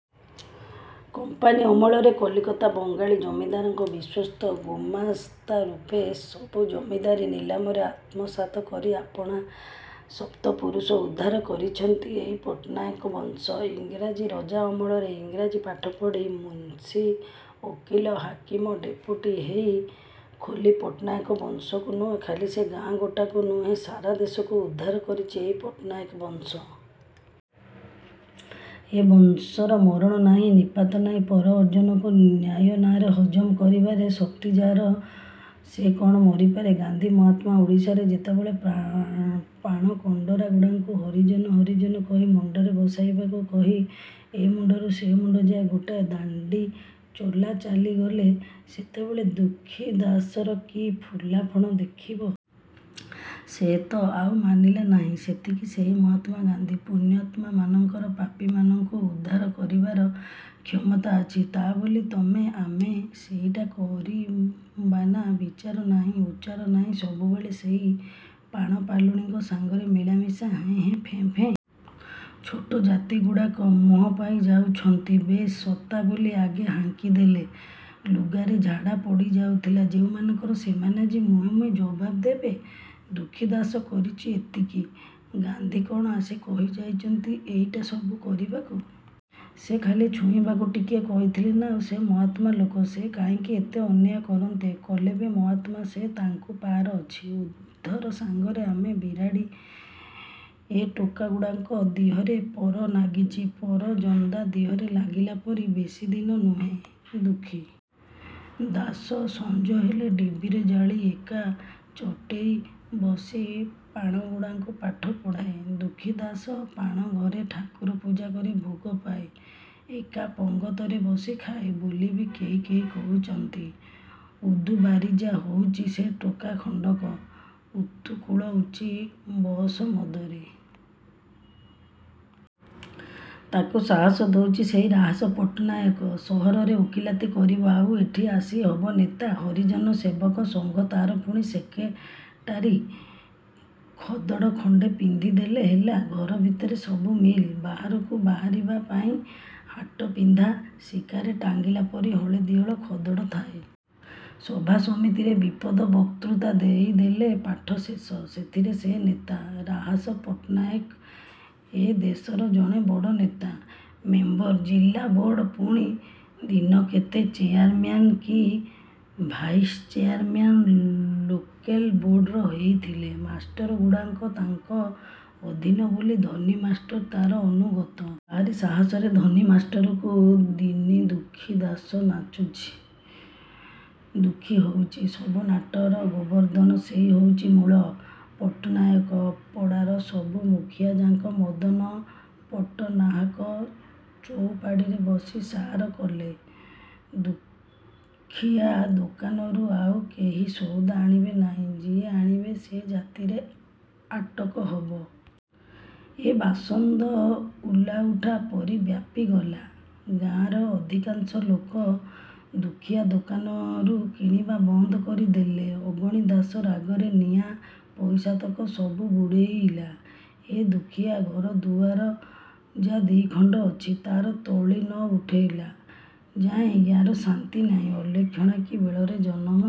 Company ଅମଳରେ କଲିକତା ବଙ୍ଗାଳୀ ଜମିଦାରଙ୍କ ବିଶ୍ୱସ୍ତ ଗୁମାସ୍ତାରୂପେ ସବୁ ଜମିଦାରୀ ନିଲାମରେ ଆତ୍ମସାତ କରି ଆପଣା ସପ୍ତ ପୁରୁଷ ଉଦ୍ଧାର କରିଚନ୍ତି ଏଇ ପଟ୍ଟନାହାକ ବଂଶ। ଇଂରାଜୀ ରଜା ଅମଳରେ ଇଂରାଜୀ ପାଠ ପଢ଼ି ମୁନ୍ସି, ଓକିଲ, ହାକିମ ଡେପୁଟି ହେଇ, ଖୋଲି ପଟ୍ଟନାୟକ ବଂଶକୁ ନୁହେଁ, ଖାଲି ସେ ଗାଁ ଗୋଟାକୁ ନୁହେଁ, ସାରା ଦେଶକୁ ଉଦ୍ଧାର କରିଚି ଏଇ ପଟ୍ଟନାୟକ ବଂଶ। ଏ ବଂଶର ମରଣ ନାହିଁ, ନିପାତ ନାହିଁ, ପର ଅର୍ଜନକୁ ନ୍ୟାୟ ନାଆଁରେ ହଜମ କରିବାରେ ଶକ୍ତି ଅଛି ଯା'ର, ସେ କ'ଣ ମରିପାରେ? ଗାନ୍ଧି ମାହାତ୍ମା ଓଡ଼ିଶାରେ ଯେତେବେଳେ ପା ପାଣ କଣ୍ତରାଗୁଡ଼ାଙ୍କୁ ହରିଜନ ହରିଜନ କହି ମୁଣ୍ଡରେ ବସାଇବାକୁ କହି ଏ ମୁଣ୍ଡରୁ ସେ ମୁଣ୍ଡ ଯାଏଁ ଗୋଟାଏ ଦାଣ୍ଡି ଚଲା ଚାଲି ଗଲେ, ସେତେବେଳେ ଦୁଃଖୀ ଦାଶର କି ଫୁଲାପଣ ଦେଖିବ! ସେ ତ ଆଉ ମାନିଲା ନାହିଁ। ସତେକି ସେଇ ମହାତ୍ମା ଗାନ୍ଧି। ପୁଣ୍ୟାତ୍ମାମାନଙ୍କର ପାପୀମାନଙ୍କୁ ଉଦ୍ଧାର କରିବାର କ୍ଷମତା ଅଛି, ତା' ବୋଲି ତମେ ଆମେ ସେଇଟା କରିବାନା। ବିଚାର ନାହିଁ, ଉଚାର ନାହିଁ, ସବୁବେଳେ ସେଇ ପାଣ ପାଲୁଣୀଙ୍କ ସାଙ୍ଗରେ ମିଳାମିଶା, ହେଁ, ହେଁ, ଫେଁ, ଫେଁ। ଛୋଟ ଜାତିଗୁଡ଼ାକ ମୁହଁ ପାଇ ଯାଉଛନ୍ତି। 'ବେ ଶତା' ବୋଲି ଆଗେ ହାଙ୍କି ଦେଲେ ଲୁଗାରେ ଝାଡ଼ା ପଡ଼ି ଯାଉଥିଲା ଯେଉଁମାନଙ୍କର, ସେମାନେ ଆଜି ମୁହେଁ ମୁହେଁ ଜବାବ ଦେବେ। ଦୁଃଖୀ ଦାଶ କରିଛି ଏତିକି। ଗାନ୍ଧି କ'ଣ ଆସି କହି ଯାଇଛନ୍ତି ଏଇଟା ସବୁ କରିବାକୁ। ସେ ଖାଲି ଛୁଇଁବାକୁ ଟିକିଏ କହିଥିଲେନା। ସେ ମହାତ୍ମା ଲୋକ, ସେ କାହିଁକି ଏତେ ଅନ୍ୟାୟ କରନ୍ତେ! କଲେବି ମହାତ୍ମା ସେ ତାଙ୍କୁ ପାର ଅଛି। ଉଧର ସାଙ୍ଗରେ ଆମେ ବିରାଡ଼ି! ଏ ଟୋକାଗୁଡ଼ାଙ୍କ ଦିହରେ ପର ନାଗିଚି, ପର, ଜନ୍ଦା ଦିହରେ ଲାଗିଲା ପରି, ବେଶି ଦିନ ନୁହେଁ। ଦୁଃଖୀ ଦାଶ ସଞ୍ଜ ହେଲେ ଡିବିରି ଜାଳି ଏକା ଚଟେଇରେ ବସି ପାଣଗୁଡ଼ାଙ୍କୁ ପାଠ ପଢ଼ାଏ। ଦୁଃଖୀ ଦାଶ ପାଣ ଘରେ ଠାକୁର ପୂଜା କରି ଭୋଗ ପାଏ, ଏକା ପଙ୍ଗତରେ ବସି ଖାଏ ବୋଲିବି କେହି କେହି କହୁଛନ୍ତି। ଉଦୁବାରିଜା ହଉଚି ସେ ଟୋକା ଖଣ୍ଡକ, ଉତୁକୁଳଉଚି ବଅସ ମଦରେ। ତାକୁ ସାହସ ଦଉଚି ସେଇ ରାହସ ପଟ୍ଟନାୟକ। ସହରରେ ଓକିଲାତି କରିବ। ଆଉ ଏଠି ଆସି ହବ ନେତା। ହରିଜନ ସେବକ ସଂଘ, ତା'ର ପୁଣି ସେକେରେଟାରୀ। ଖଦଡ଼ ଖଣ୍ଡେ ପିନ୍ଧିଦେଲେ ହେଲା। ଘର ଭିତରେ ସବୁ ମିଲ୍। ବାହାରକୁ ବାହାରିବା ପାଇଁ ହାଟ ପିନ୍ଧା ଶିକାରେ ଟାଙ୍ଗିଲା ପରି ହଳେ ଦି'ହଳ ଖଦଡ଼ ଥାଏ। ସଭା ସମିତିରେ ଦିପଦ ବକ୍ତୃତା ଦେଇଦେଲେ ପାଠ ଶେଷ। ସେଥିରେ ସେ ନେତା। ରାହସ ପଟ୍ଟନାହକ ଏ ଦେଶରେ ଜଣେ ବଡ଼ ନେତା। ମେମ୍ବର ଜିଲାବୋର୍ଡ଼, ପୁଣି ଦିନ କେତେ ଚେଆରମ୍ୟାନ କି ଭାଇସଚେଆରମ୍ୟାନ ଲୋକେଲ ବୋର୍ଡ଼ର ହେଇଥିଲେ। ମାଷ୍ଟରଗୁଡ଼ାଙ୍କ ତାଙ୍କ ଅଧୀନ ବୋଲି ଧନୀ ମାଷ୍ଟର ତା'ର ଅନୁଗତ। ତାହାରି ସାହସରେ ଧନୀ ମାଷ୍ଟରକୁ ଦିନି ଦୁଃଖୀ ଦାଶ ନାଚୁଛି। ଦୁଃଖୀ ହଉଚି ସବୁ ନାଟର ଗୋବର୍ଦ୍ଧନ। ସେଇ ହଉଚି ମୂଳ। ପଟ୍ଟନାହାକ ପଡ଼ାର ସବୁ ମୁଖିଆଯାକ ମଦନ ପଟ୍ଟନାହାକ ଚଉପାଢ଼ିରେ ବସି ସାର କଲେ, ଦୁଃଖୀଆ ଦୋକାନରୁ ଆଉ କେହି ସଉଦା ଆଣିବେ ନାହିଁ। ଯିଏ ଆଣିବେ ସେ ଜାତିରେ ଆଟକ ହବ। ଏ ବାସନ୍ଦ ଉଲାଉଠା ପରି ବ୍ୟାପିଗଲା। ଗାଁର ଅଧିକାଂଶ ଲୋକ ଦୁଃଖୀଆ ଦୋକାନରୁ କିଣିବା ବନ୍ଦ କରିଦେଲେ। ଅଗଣି ଦାଶ ରାଗରେ ନିଆଁ। ପଇସାତକ ସବୁ ବୁଡ଼େଇଲା ଏ ଦୁଃଖୀଆ। ଘରଦୁଆର ଯାହା ଦିଖଣ୍ଡ ଅଛି ତା' ତଳି ନ ଉଠେଇଲା ଯାଏଁ ୟାର ଶାନ୍ତି ନାହିଁ। ଅଲକ୍ଷଣା କି ବେଳରେ ଜନମ।